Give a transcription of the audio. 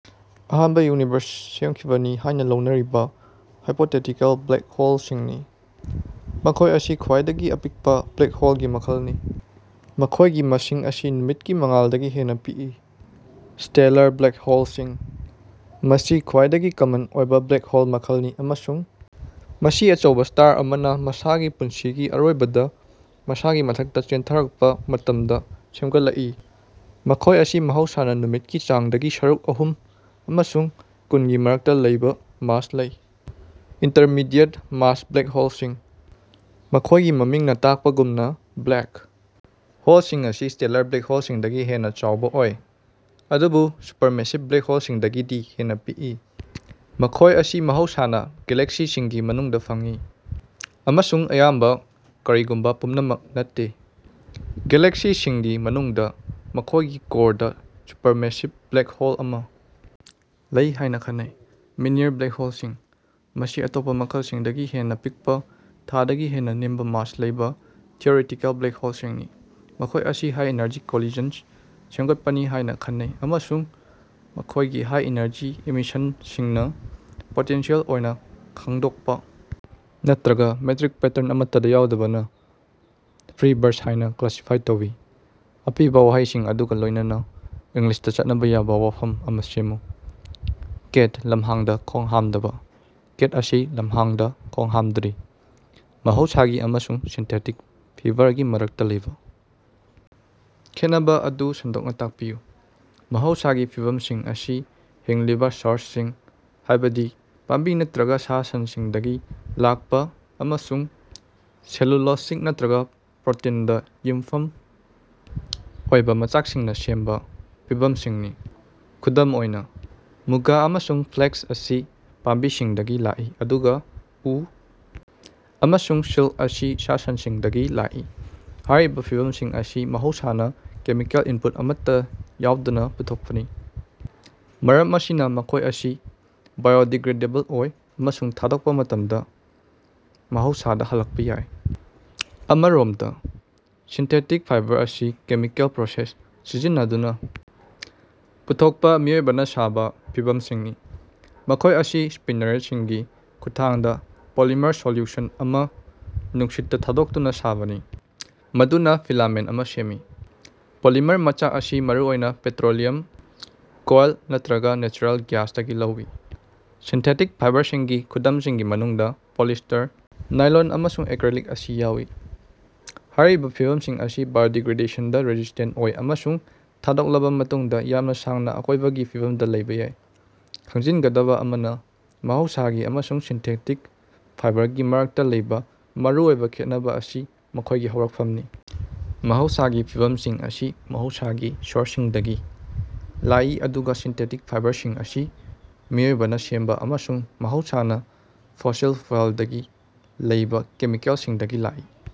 ꯑꯍꯥꯟꯕ ꯌꯨꯅꯤꯚꯔꯁꯇ ꯁꯦꯝꯈꯤꯕꯅꯤ ꯍꯥꯏꯅ ꯂꯧꯅꯔꯤꯕ ꯍꯥꯏꯄꯣꯇꯦꯇꯤꯀꯜ ꯕ꯭ꯂꯦꯛ ꯍꯣꯜꯁꯤꯡꯅꯤ꯫ ꯃꯈꯣꯏ ꯑꯁꯤ ꯈ꯭ꯋꯥꯏꯗꯒꯤ ꯑꯄꯤꯛꯄ ꯕ꯭ꯂꯦꯛ ꯍꯣꯜꯒꯤ ꯃꯈꯜꯅꯤ, ꯃꯈꯣꯏꯒꯤ ꯃꯁꯤꯡ ꯑꯁꯤ ꯅꯨꯃꯤꯠꯀꯤ ꯃꯉꯥꯜꯗꯒꯤ ꯍꯦꯟꯅ ꯄꯤꯛꯏ꯫ ꯁ꯭ꯇꯦꯂꯔ ꯕ꯭ꯂꯦꯛ ꯍꯣꯜꯁꯤꯡ: ꯃꯁꯤ ꯈ꯭ꯋꯥꯏꯗꯒꯤ ꯀꯃꯟ ꯑꯣꯏꯕ ꯕ꯭ꯂꯦꯛ ꯍꯣꯜ ꯃꯈꯜꯅꯤ ꯑꯃꯁꯨꯡ ꯃꯁꯤ ꯑꯆꯧꯕ ꯁ꯭ꯇꯥꯔ ꯑꯃꯅ ꯃꯁꯥꯒꯤ ꯄꯨꯟꯁꯤꯒꯤ ꯑꯔꯣꯏꯕꯗ ꯃꯁꯥꯒꯤ ꯃꯊꯛꯇ ꯆꯦꯟꯊꯔꯛꯄ ꯃꯇꯝꯗ ꯁꯦꯝꯒꯠꯂꯛꯏ꯫ ꯃꯈꯣꯏ ꯑꯁꯤ ꯃꯍꯧꯁꯥꯅ ꯅꯨꯃꯤꯠꯀꯤ ꯆꯥꯡꯗꯒꯤ ꯁꯔꯨꯛ ꯑꯍꯨꯝ ꯑꯃꯁꯨꯡ ꯀꯨꯟ ꯒꯤ ꯃꯔꯛꯇ ꯂꯩꯕ ꯃꯥꯁ ꯂꯩ꯫ ꯏꯟꯇꯔꯃꯤꯗꯤꯌꯦꯠ-ꯃꯥꯁ ꯕ꯭ꯂꯦꯛ ꯍꯣꯜꯁꯤꯡ ꯃꯈꯣꯏꯒꯤ ꯃꯃꯤꯡꯅ ꯇꯥꯛꯄꯒꯨꯝꯅ, ꯕ꯭ꯂꯦꯛ ꯍꯣꯜꯁꯤꯡ ꯑꯁꯤ ꯁ꯭ꯇꯦꯂꯔ ꯕ꯭ꯂꯦꯛ ꯍꯣꯜꯁꯤꯡꯗꯒꯤ ꯍꯦꯟꯅ ꯆꯥꯎꯕ ꯑꯣꯏ, ꯑꯗꯨꯕꯨ ꯁꯨꯄꯔꯃꯦꯁꯤꯚ ꯕ꯭ꯂꯦꯛ ꯍꯣꯜꯁꯤꯡꯗꯒꯤꯗꯤ ꯍꯦꯟꯅ ꯄꯤꯛꯏ꯫ ꯃꯈꯣꯏ ꯑꯁꯤ ꯃꯍꯧꯁꯥꯅ ꯒꯦꯂꯦꯛꯁꯤꯁꯤꯡꯒꯤ ꯃꯅꯨꯡꯗ ꯐꯪꯏ, ꯑꯃꯁꯨꯡ ꯑꯌꯥꯝꯕ, ꯀꯔꯤꯒꯨꯝꯕ ꯄꯨꯝꯅꯃꯛ ꯅꯠꯇꯦ, ꯒꯦꯂꯦꯛꯁꯤꯁꯤꯡꯒꯤ ꯃꯅꯨꯡꯗ ꯃꯈꯣꯏꯒꯤ ꯀꯣꯔꯗ ꯁꯨꯄꯔꯃꯦꯁꯤꯚ ꯕ꯭ꯂꯦꯛ ꯍꯣꯜ ꯑꯃ ꯂꯩ ꯍꯥꯏꯅ ꯈꯟꯅꯩ꯫ ꯃꯤꯅꯤꯌꯔ ꯕ꯭ꯂꯦꯛ ꯍꯣꯜꯁꯤꯡ: ꯃꯁꯤ ꯑꯇꯣꯞꯄ ꯃꯈꯜꯁꯤꯡꯗꯒꯤ ꯍꯦꯟꯅ ꯄꯤꯛꯄ, ꯊꯥꯗꯒꯤ ꯍꯦꯟꯅ ꯅꯦꯝꯕ ꯃꯥꯁ ꯂꯩꯕ ꯊꯤꯑꯣꯔꯤꯇꯤꯀꯦꯜ ꯕ꯭ꯂꯦꯛ ꯍꯣꯜꯁꯤꯡꯅꯤ꯫ ꯃꯈꯣꯏ ꯑꯁꯤ ꯍꯥꯏ-ꯑꯦꯅꯔꯖꯤ ꯀꯣꯂꯤꯁꯟꯁ ꯁꯦꯃꯒꯠꯄꯅꯤ ꯍꯥꯢꯅ ꯈꯟꯅꯩ ꯑꯃꯁꯨꯡ ꯃꯈꯣꯏꯒꯤ ꯍꯥꯏ-ꯑꯦꯅꯔꯖꯤ ꯏꯃꯤꯁꯟꯁꯤꯡꯅ ꯄꯣꯇꯦꯟꯁꯤꯑꯦꯜ ꯑꯣꯏꯅ ꯈꯪꯗꯣꯛꯄ ꯅꯠꯇ꯭ꯔꯒ ꯃꯦꯇ꯭ꯔꯤꯛ ꯄꯦꯇꯔꯟ ꯑꯃꯠꯇꯗ ꯌꯥꯎꯗꯕꯅ ꯐ꯭ꯔꯤ ꯕꯔꯁ ꯍꯥꯏꯅ ꯀ꯭ꯂꯥꯁꯤꯐꯥꯏ ꯇꯧꯏ꯫ ꯑꯄꯤꯕ ꯋꯥꯍꯩꯁꯤꯡ ꯑꯗꯨꯒ ꯂꯣꯏꯅꯅ ꯏꯪꯂꯤꯁꯇ ꯆꯠꯅꯕ ꯌꯥꯕ ꯋꯥꯐꯝ ꯑꯃ ꯁꯦꯝꯃꯨ꯫ ꯀꯦꯠ, ꯂꯝꯍꯥꯡꯗ ꯈꯣꯡꯍꯥꯝꯗꯕ꯫ ꯀꯦꯠ ꯑꯁꯤ ꯂꯝꯍꯥꯡꯗꯥ ꯈꯣꯡꯍꯥꯝꯗ꯭ꯔꯤ꯫ ꯃꯍꯧꯁꯥꯒꯤ ꯑꯃꯁꯨꯡ ꯁꯤꯟꯊꯦꯇꯤꯛ ꯐꯤꯕꯔꯒꯤ ꯃꯔꯛꯇ ꯂꯩꯕ ꯈꯦꯠꯅꯕ ꯑꯗꯨ ꯁꯟꯗꯣꯛꯅ ꯇꯥꯛꯄꯤꯌꯨ꯫ ꯃꯍꯧꯁꯥꯒꯤ ꯐꯤꯕꯝꯁꯤꯡ ꯑꯁꯤ ꯍꯤꯡꯂꯤꯕ ꯁꯣꯔꯁꯁꯤꯡ, ꯍꯥꯏꯕꯗꯤ ꯄꯥꯝꯕꯤ ꯅꯠꯇ꯭ꯔꯒ ꯁꯥ-ꯁꯟꯁꯤꯡꯗꯒꯤ ꯂꯥꯛꯄ ꯑꯃꯁꯨꯡ ꯁꯦꯂꯨꯂꯣꯁꯤꯛ ꯅꯠꯇ꯭ꯔꯒ ꯄ꯭ꯔꯣꯇꯤꯟꯗ ꯌꯨꯝꯐꯝ ꯑꯣꯏꯕ ꯃꯆꯥꯛꯁꯤꯡꯅ ꯁꯦꯝꯕ ꯐꯤꯕꯝꯁꯤꯡꯅꯤ꯫ ꯈꯨꯗꯝ ꯑꯣꯏꯅ, ꯃꯨꯒꯥ ꯑꯃꯁꯨꯡ ꯐ꯭ꯂꯦꯛꯁ ꯑꯁꯤ ꯄꯥꯝꯕꯤꯁꯤꯡꯗꯒꯤ ꯂꯥꯛꯏ ꯑꯗꯨꯒ ꯎ ꯑꯃꯁꯨꯡ ꯁꯤꯜꯛ ꯑꯁꯤ ꯁꯥ-ꯁꯟꯁꯤꯡꯗꯒꯤ ꯂꯥꯛꯏ꯫ ꯍꯥꯏꯔꯤꯕ ꯐꯤꯕꯝꯁꯤꯡ ꯑꯁꯤ ꯃꯍꯧꯁꯥꯅ ꯀꯦꯃꯤꯀꯦꯜ ꯏꯟꯄꯨꯠ ꯑꯃꯠꯇ ꯌꯥꯎꯗꯅ ꯄꯨꯊꯣꯛꯄꯅꯤ, ꯃꯔꯝ ꯑꯁꯤꯅ ꯃꯈꯣꯏ ꯑꯁꯤ ꯕꯥꯏꯑꯣꯗꯤꯒ꯭ꯔꯦꯗꯦꯕꯜ ꯑꯣꯏ ꯑꯃꯁꯨꯡ ꯊꯥꯗꯣꯛꯄ ꯃꯇꯝꯗ ꯃꯍꯧꯁꯥꯗ ꯍꯜꯂꯛꯄ ꯌꯥꯏ꯫ ꯑꯃꯔꯣꯃꯗ, ꯁꯤꯟꯊꯦꯇꯤꯛ ꯐꯥꯏꯕꯔ ꯑꯁꯤ ꯀꯦꯃꯤꯀꯦꯜ ꯄ꯭ꯔꯣꯁꯦꯁ ꯁꯤꯖꯤꯟꯅꯗꯨꯅ ꯄꯨꯊꯣꯛꯄ ꯃꯤꯑꯣꯏꯕꯅ ꯁꯥꯕ ꯐꯤꯕꯝꯁꯤꯡꯅꯤ꯫ ꯃꯈꯣꯏ ꯑꯁꯤ ꯁ꯭ꯄꯤꯅꯦꯔꯦꯠꯁꯤꯡꯒꯤ ꯈꯨꯠꯊꯥꯡꯗ ꯄꯣꯂꯤꯃꯔ ꯁꯣꯜꯌꯨꯁꯟ ꯑꯃ ꯅꯨꯡꯁꯤꯠꯇ ꯊꯥꯗꯣꯛꯇꯨꯅ ꯁꯥꯕꯅꯤ, ꯃꯗꯨꯅ ꯐꯤꯂꯥꯃꯦꯟꯠ ꯑꯃꯥ ꯁꯦꯝꯃꯤ꯫ ꯄꯣꯂꯤꯃꯔ ꯃꯆꯥꯛ ꯑꯁꯤ ꯃꯔꯨꯑꯣꯏꯅ ꯄꯦꯇ꯭ꯔꯣꯂꯤꯌꯝ, ꯀꯣꯏꯂ ꯅꯠꯇ꯭ꯔꯒ ꯅꯦꯆꯔꯦꯜ ꯒ꯭ꯌꯥꯁꯇꯒꯤ ꯂꯧꯏ꯫ ꯁꯤꯟꯊꯦꯇꯤꯛ ꯐꯥꯏꯕꯔꯁꯤꯡꯒꯤ ꯈꯨꯗꯝꯁꯤꯡꯒꯤ ꯃꯅꯨꯡꯗ ꯄꯣꯂꯤꯁꯇꯔ ꯅꯥꯏꯂꯣꯟ ꯑꯃꯁꯨꯡ ꯑꯦꯀ꯭ꯔꯦꯂꯤꯛ ꯑꯁꯤ ꯌꯥꯎꯏ꯫ ꯍꯥꯏꯔꯤꯕ ꯐꯤꯕꯝꯁꯤꯡ ꯑꯁꯤ ꯕꯥꯏꯑꯣꯗꯤꯒ꯭ꯔꯦꯗꯦꯁꯟꯗ ꯔꯦꯁꯤꯁꯇꯦꯟꯠ ꯑꯣꯏ ꯑꯃꯁꯨꯡ ꯊꯥꯗꯣꯛꯂꯕ ꯃꯇꯨꯡꯗ ꯌꯥꯝꯅ ꯁꯥꯡꯅ ꯑꯀꯣꯏꯕꯒꯤ ꯐꯤꯕꯝꯗ ꯂꯩꯕ ꯌꯥꯏ꯫ ꯈꯪꯖꯤꯟꯒꯗꯕ ꯑꯃꯅ, ꯃꯍꯧꯁꯥꯒꯤ ꯑꯃꯁꯨꯡ ꯁꯤꯟꯊꯦꯇꯤꯛ ꯐꯥꯏꯕꯔꯒꯤ ꯃꯔꯛꯇ ꯂꯩꯕ ꯃꯔꯨꯑꯣꯏꯕ ꯈꯦꯠꯅꯕ ꯑꯁꯤ ꯃꯈꯣꯏꯒꯤ ꯍꯧꯔꯛꯐꯝꯅꯤ꯫ ꯃꯍꯧꯁꯥꯒꯤ ꯐꯤꯕꯝꯁꯤꯡ ꯑꯁꯤ ꯃꯍꯧꯁꯥꯒꯤ ꯁꯣꯔꯁꯁꯤꯡꯗꯒꯤ ꯂꯥꯛꯏ ꯑꯗꯨꯒ ꯁꯤꯟꯊꯦꯇꯤꯛ ꯐꯥꯏꯕꯔꯁꯤꯡ ꯑꯁꯤ ꯃꯤꯑꯣꯏꯕꯅ ꯁꯦꯝꯕ ꯑꯃꯁꯨꯡ ꯃꯍꯧꯁꯥꯅ ꯐꯣꯁꯤꯜ ꯐ꯭ꯌꯨꯑꯦꯜꯗꯒꯤ ꯂꯧꯕ ꯀꯦꯃꯤꯀꯦꯜꯁꯤꯡꯗꯒꯤ ꯂꯥꯛꯏ꯫